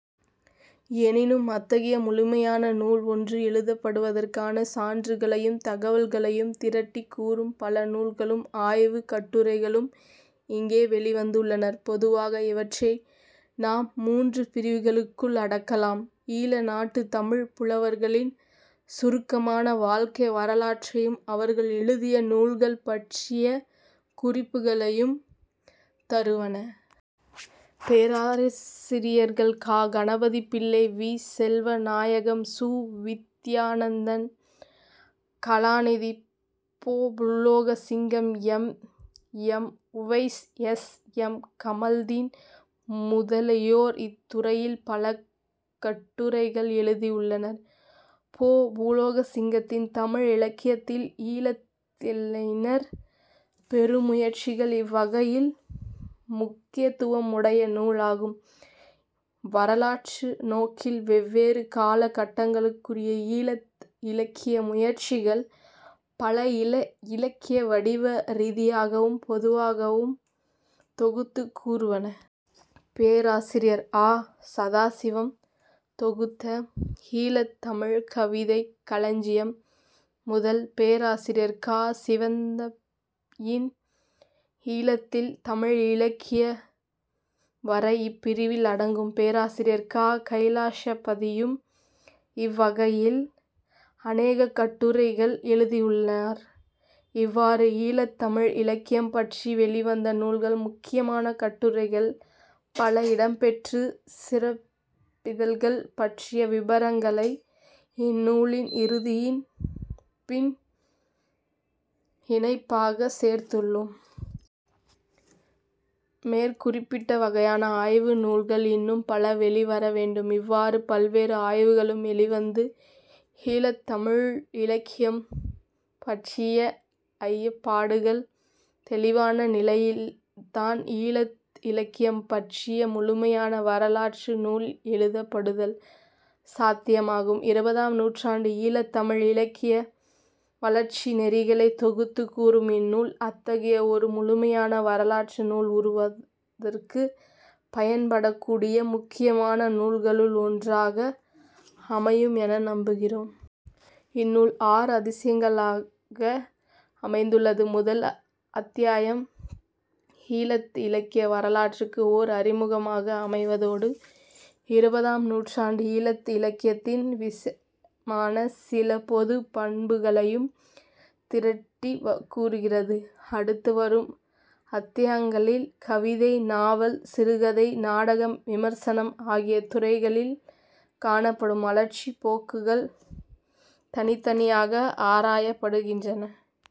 எனினும் அத்தகைய முழுமையான நூல் ஒன்று எழுதப்படுவதற்கான சான்றுகளையும், தகவல்களையும் திரட்டிக் கூறும் பல நூல்களும் ஆய்வுக் கட்டுரைகளும் இங்கே வௌிவந்துள்ளன. பொதுவாக இவற்றை நாம் மூன்று பிரிவுகளுக்குள் அடக்கலாம்.. ஈழநாட்டுத் தமிழ்ப் புலவர்களின் சுருக்கமான வாழ்க்கை வரலாற்றையும், அவர்கள் எழுதிய நூல்கள் பற்றிய குறிப்புகளையும் தருவன. பேராசிரியர்கள் க. கணபதிப்பிள்ளை, வி. செல்வநாயகம், சு. வித்தியானந்தன், கலாநிதி பொ. Poologasingam, M. M. Uwise, S. M. Kamaldeen முதலியோர் இத்துறையில் பல கட்டுரைகள் எழுதியுள்ளனர். பொ. பூலோகசிங்கத்தின் 'தமிழ் இலக்கியத்தில் ஈழத்தறிஞர் பெரு முயற்சிகள்' இவ்வகையில் முக்கியத்துவம் உடைய நூலாகும்.. வரலாற்று நோக்கில் வெவ்வேறு கால கட்டங்களுக்குரிய ஈழத்து இலக்கிய முயற்சிகள் பற்றி இலக்கியவடிவ ரீதியாகவும் பொதுவாகவும் தொகுத்துக் கூறுவன. பேராசிரியர். ஆ. சதாசிவம் தொகுத்த 'ஈழத்துத் தமிழ் கவிதைக் களஞ்சியம் ' முதல், பேராசிரியர் கா. சிவத்தம்பியின் ஈழத்தில் தமிழ் இலக்கியம் வரை இப்பிரிவில் அடங்கும். பேராசிரியர் க. கைலாசபதியும் இவ்வகையில் அநேக கட்டுரைகள்எழுதியுள்ளார். இவ்வாறு, ஈழத்துத் தமிழ் இலக்கியம் பற்றி வௌிவந்த நூல்கள், முக்கியமான கட்டுரைகள் பல இடம்பெற்ற சிறப்பிதழ்கள் பற்றிய விபரங்களை இந்நூலின் இறுதியில் பின் இணைப்பாகச் சேர்த்துள்ளோம். மேற்குறிப்பிட்ட வகையான ஆய்வு நூல்கள் இன்னும் பல வௌிவர வேண்டும். இவ்வாறு பல்வேறு ஆய்வுகளூம் வௌிவந்து ஈழத்துத் தமிழ் இலக்கியம் பற்றிய ஐயப்பாடுகள் தௌிவான நிலையில்தான் ஈழத்து இலக்கியம் பற்றிய முழுமையான வரலாற்று நூல் எழுதப்படுதல் சாத்தியமாகும். இருபதாம் நூற்றாண்டு ஈழத்து தமிழ் இலக்கிய வளர்ச்சி நெறிகளைத் தொகுத்துக் கூறும் இந்நூல் அத்தகைய ஒரு முழுமையான வரலாற்று நூல் உருவாகுவதற்குப் பயன்படக்கூடிய முக்கியமான நூல்களுள் ஒன்றாக அமையும் என நம்புகிறோம். இந்நூல் ஆறு அத்தியாயங்களாக அமைந்துள்ளது. முதல் அத்தியாயம் ஈழத்து இலக்கிய வரலாற்றுக்கு ஓர் அறிமுகமாக அமைவதோடு, இருபதாம் நூற்றாண்டு ஈழத்து இலக்கியத்தின் விசேடமான சில பொதுப் பண்புகளையும் திரட்டிக் கூறுகிறது. அடுத்துவரும் அத்தியாங்களில் கவிதை, நாவல், சிறுகதை, நாடகம், விமர்சனம் ஆகிய துறைகளில் காணப்படும் வளர்ச்சிப் போக்குகள் தனித்தனியாக ஆராயப்படுகின்றன.